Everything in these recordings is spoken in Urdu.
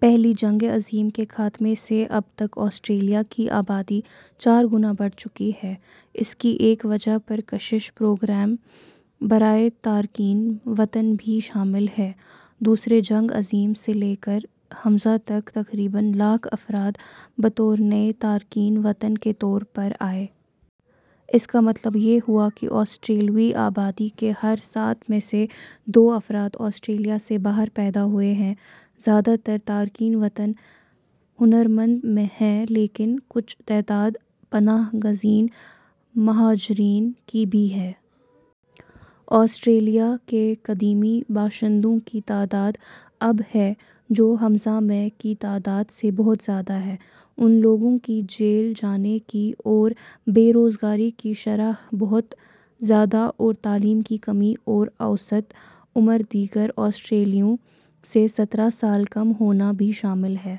پہلی جنگ عظیم کے خاتمے سے اب تک آسٹریلیا کی آبادی چار گنا بڑھ چکی ہے۔ اس کی ایک وجہ پرکشش پروگرام برائے تارکین وطن بھی شامل ہے۔ دوسری جنگ عظیم سے لے کر ء تک تقریباً لاکھ افراد بطور نئے تارکین وطن کے طور پر آئے۔ اس کا مطلب یہ ہوا کہ آسٹریلوی آبادی کے ہر سات میں سے دو افراد آسٹریلیا سے باہر پیدا ہوئے ہیں۔ زیادہ تر تارکین وطن ہنرمند ہیں لیکن کچھ تعداد پناہ گزین مہاجرین کی بھی ہے۔ آسٹریلیا کے قدیمی باشندوں کی تعداد اب ہے جو ء میں کی تعداد سے بہت زیادہ ہے۔ ان لوگوں کی جیل جانے کی اور بے روزگاری کی شرح بہت زیادہ اور تعلیم کی کمی اور اوسط عمر دیگر آسٹریلیوں سے سترہ سال کم ہونا بھی شامل ہے۔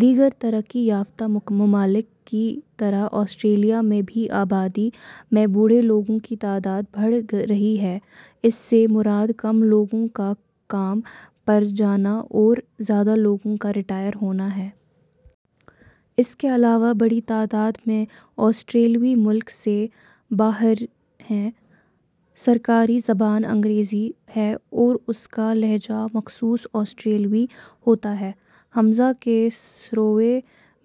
دیگر ترقی یافتہ ممالک کی طرح آسٹریلیا میں بھی آبادی میں بوڑھے لوگوں کی تعداد بڑھ رہی ہے۔ اس سے مراد کم لوگوں کا کام پر جانا اور زیادہ لوگوں کا ریٹائر ہونا ہے۔ اس کے علاوہ بڑی تعداد میں آسٹریلوی ملک سے باہر ہیں۔ سرکاری زبان انگریزی ہے اور اس کا لہجہ مخصوص آسٹریلوی ہوتا ہے۔ ء کے سروے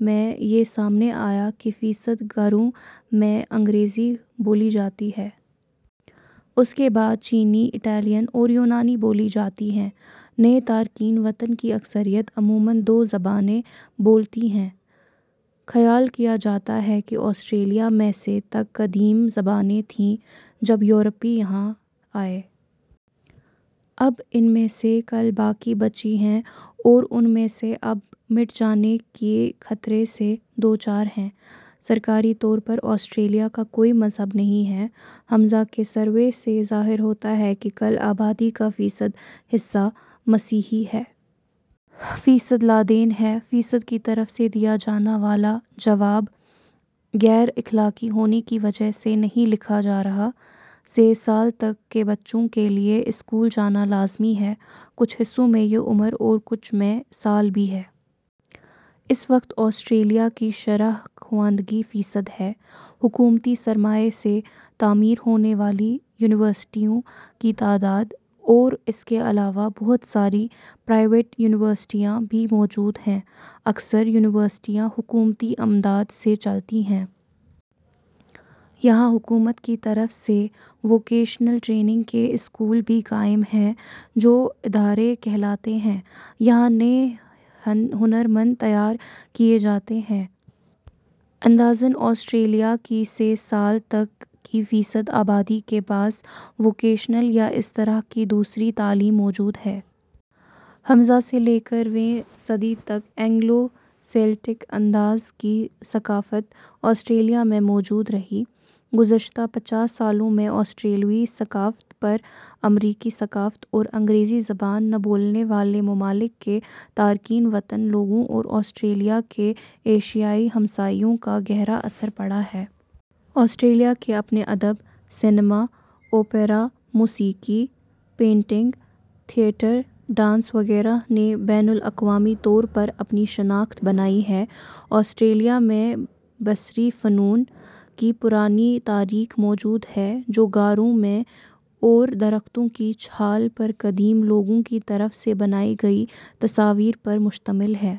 میں یہ سامنے آیا کہ فیصد گھروں میں انگریزی بولی جاتی ہے۔ اس کے بعد چینی، اٹالین اور یونانی بولی جاتی ہیں۔ نئے تارکین وطن کی اکثریت عموماً دو زبانیں بولتی ہے۔ خیال کیا جاتا ہے کہ آسٹریلیا میں سے تک قدیم زبانیں تھیں جب یورپی یہاں آئے۔ اب ان میں سے کل باقی بچی ہیں اور ان میں سے اب مٹ جانے کے خطرے سے دوچار ہیں۔ سرکاری طور پر آسٹریلیا کا کوئی مذہب نہیں ہے۔ ء کے سروے سے ظاہر ہوتا ہے کہ کل آبادی کا فیصد حصہ مسیحی ہے۔ فیصد لادین ہیں۔ فیصد کی طرف سے دیا جانا والا جواب غیر اخلاقی ہونے کی وجہ سے نہیں لکھا جا رہا۔ سے سال تک کے بچوں کے لیے اسکول جانا لازمی ہے، کچھ حصوں میں یہ عمر اور کچھ میں سال بھی ہے۔ اس وقت آسٹریلیا کی شرح خواندگی فیصد ہے۔ حکومتی سرمائے سے تعمیر ہونے والی یونیورسٹیوں کی تعداد ہے اور اس کے علاوہ بہت ساری پرائیوٹ یونیورسٹیاں بھی موجود ہیں۔ اکثر یونیورسٹیاں حکومتی امداد سے چلتی ہیں۔ یہاں حکومت کی طرف سے ووکیشنل ٹریننگ کے اسکول بھی قائم ہیں جو ادارے کہلاتے ہیں۔ یہاں نئے ہنرمند تیار کیے جاتے ہیں۔ اندازہً آسٹریلیا کی سے سال تک کی فیصد آبادی کے پاس ووکیشنل یا اس طرح کی دوسری تعلیم موجود ہے۔ ء سے لے کر ویں صدی تک اینگلو سیلٹک انداز کی ثقافت آسڑیلیا میں موجود رہی۔ گذشتہ پچاس سالوں میں آسٹریلوی ثقافت پر امریکی ثقافت اور انگریزی زبان نہ بولنے والے ممالک کے تارکین وطن لوگوں اور آسٹریلیا کے ایشیائی ہمسائیوں کا گہرا اثر پڑا ہے۔ آسٹریلیا کے اپنے ادب، سینما، اوپرا، موسیقی، پینٹنگ، تھیٹر، ڈانس وغیرہ نے بین الاقوامی طور پر اپنی شناخت بنائی ہے۔ آسٹریلیا میں بصری فنون کی پرانی تاریخ موجود ہے جو غاروں میں اور درختوں کی چھال پر قدیم لوگوں کی طرف سے بنائی گئی تصاویر پر مشتمل ہے۔